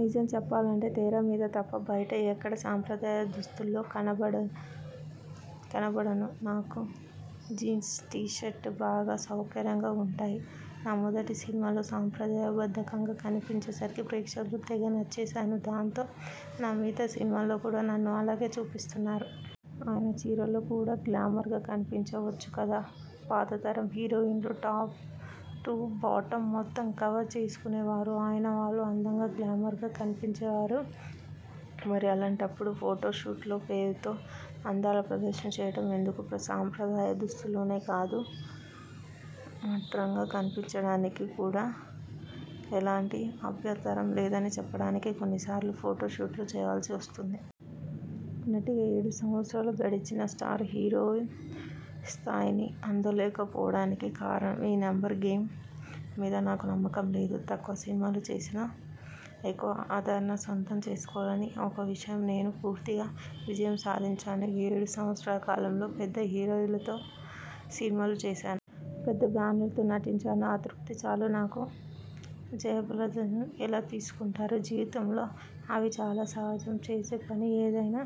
నిజం చెప్పాలంటే తెర మీద తప్ప బయట ఎక్కడా సంప్రదాయ దుస్తుల్లో కనపడను. నాకు జీన్స్ టీ షర్టు బాగా సౌకర్యంగా ఉంటాయి. నా మొదటి సినిమాలో సంప్రదాయ బద్ధంగా కనిపించే సరికి ప్రేక్షకులకు తెగ నచ్చేశాను. దాంతో నా మిగతా సినిమాల్లో కూడా నన్ను అలాగే చూపిస్తున్నారు. అయినా చీరలో కూడా గ్లామర్గా కనిపించవచ్చు కదా? పాత తరం హీరోయిన్లు టాప్ టూ బాటమ్ మొత్తం కవర్ చేసుకునే వారు. అయినా వాళ్ళు అందంగా, గ్లామర్గా కనిపించేవారు. మరి అలాంటప్పుడు ఫోటో షూట్ల పేరుతో అందాల ప్రదర్శన చేయడం ఎందుకు? సంప్రదాయ దుస్తుల్లోనే కాదు, మోడ్రన్గా కనిపించడానికి కూడా ఎలాంటి అభ్యంతరం లేదని చెప్పడానికే కొన్నిసార్లు ఫోటో షూట్లు చేయవలసి వస్తోంది. నటిగా ఏడు సంవత్సరాలు గడిచినా స్టార్ హీరోయిన్ స్థాయిని అందుకోలేకపోవడానికి కారణం? ఈ నెంబర్ గేమ్ మీద నాకు నమ్మకం లేదు. తక్కువ సినిమాలు చేసినా ఎక్కువ ఆదరణ సొంతం చేసుకోవాలి. ఆ విషయంలో నేను పూర్తిగా విజయం సాధించాను. ఈ ఏడు సంవత్సరాల కాలంలో పెద్ద హీరోలతో సినిమాలు చేశాను. పెద్ద బ్యానర్లలో నటించాను. ఆ తృప్తి చాలు నాకు. జయాపజయాలను ఎలా తీసుకుంటారు? జీవితంలో అవి చాలా సహజం. చేసే పని ఏదైనా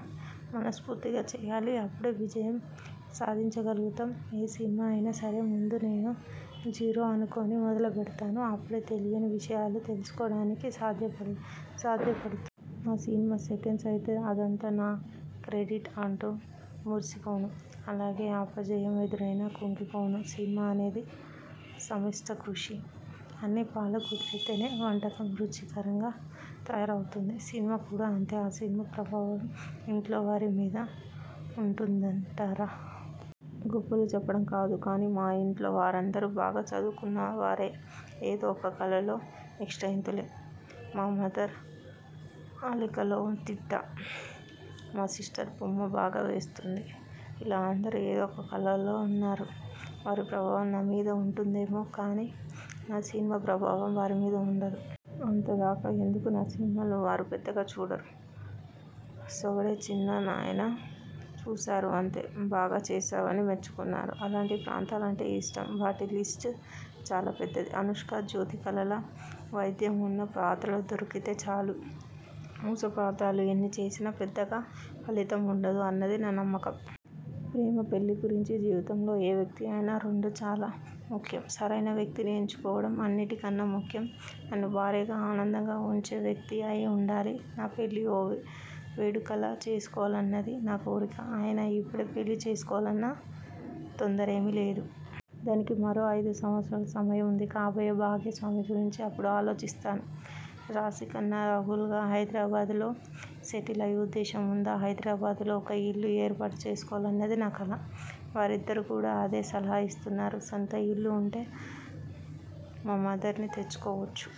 మనస్ఫూర్తిగా చేయాలి. అప్పుడే విజయం సాధించగలుగుతాం. ఏ సినిమా అయినా సరే ముందు నేను జీరో అనుకుని మొదలుపెడతాను. అప్పుడే తెలియని విషయాలు తెలుసుకోవడానికి సాధ్యపడుతుంది. నా సినిమా సక్సెస్ అయితే అదంతా నా క్రెడిట్ అంటూ మురిసిపోను. అలాగే అపజయం ఎదురైనా కుంగిపోను. సినిమా అనేది సమష్ఠి కృషి. అన్ని పాళ్లు కుదిరితేనే వంటకం రుచికరంగా తయారవుతుంది. సినిమా కూడా అంతే! మీ సినిమాల ప్రభావం ఇంట్లో వారి మీద ఉంటుందంటారా? గొప్పలు చెప్పడం కాదు కానీ మా ఇంట్లో వారందరూ బాగా చదువుకున్నవారే! ఏదో ఒక కళలో నిష్ణాతులే! మా మదర్ అల్లికలో దిట్ట. మా సిస్టర్ బొమ్మలు బాగా వేస్తుంది. ఇలా అందరూ ఏదో ఒక కళలో ఉన్నారు. వారి ప్రభావం నా మీద ఉంటుందేమో కానీ, నా సినిమాల ప్రభావం వారి మీద ఉండదు. అంతదాకా ఎందుకు? నా సినిమాలను వారు పెద్దగా చూడరు. 'సొగ్గాడే చిన్ని నాయనా' చూశారు అంతే! బాగా చేశావని మెచ్చుకున్నారు. ఎలాంటి పాత్రలంటే ఇష్టం? వాటి లిస్టు చాలాపెద్దది. అనుష్క, జ్యోతికలాగా వైవిధ్యమున్న పాత్రలు దొరికితే చాలు. మూస పాత్రలు ఎన్ని చేసినా పెద్దగా ఫలితం ఉండదు అన్నది నా నమ్మకం. ప్రేమా, పెళ్ళి గురించి? జీవితంలో ఏ వ్యక్తికి అయినా ఈ రెండు చాలా ముఖ్యం. సరైన వ్యక్తిని ఎంచుకోవడం అన్నిటికన్నా ముఖ్యం. నన్ను భార్యగా ఆనందంగా ఉంచే వ్యక్తి అయి ఉండాలి. నా పెళ్ళి ఓ వేడుకలా చేసుకోవాలన్నది నా కోరిక. అయినా ఇప్పుడే పెళ్ళి చేసుకోవాలన్న తొందరేమీ లేదు. దానికి మరో ఐదు సంవత్సరాల సమయం ఉంది. కాబోయే భాగస్వామి గురించి అప్పుడు ఆలోచిస్తాను. రాశీఖన్నా, రకూల్లాగా హైదరాబాదులో సెటిల్ అయ్యే ఉద్దేశం ఉందా? హైదరాబాదులో ఒక ఇల్లు ఏర్పాటు చేసుకోవాలన్నది నా కల. వాళ్ళిద్దరూ కూడా అదే సలహా ఇస్తున్నారు. సొంత ఇల్లు ఉంటే మా మదర్ని తెచ్చుకోవచ్చు.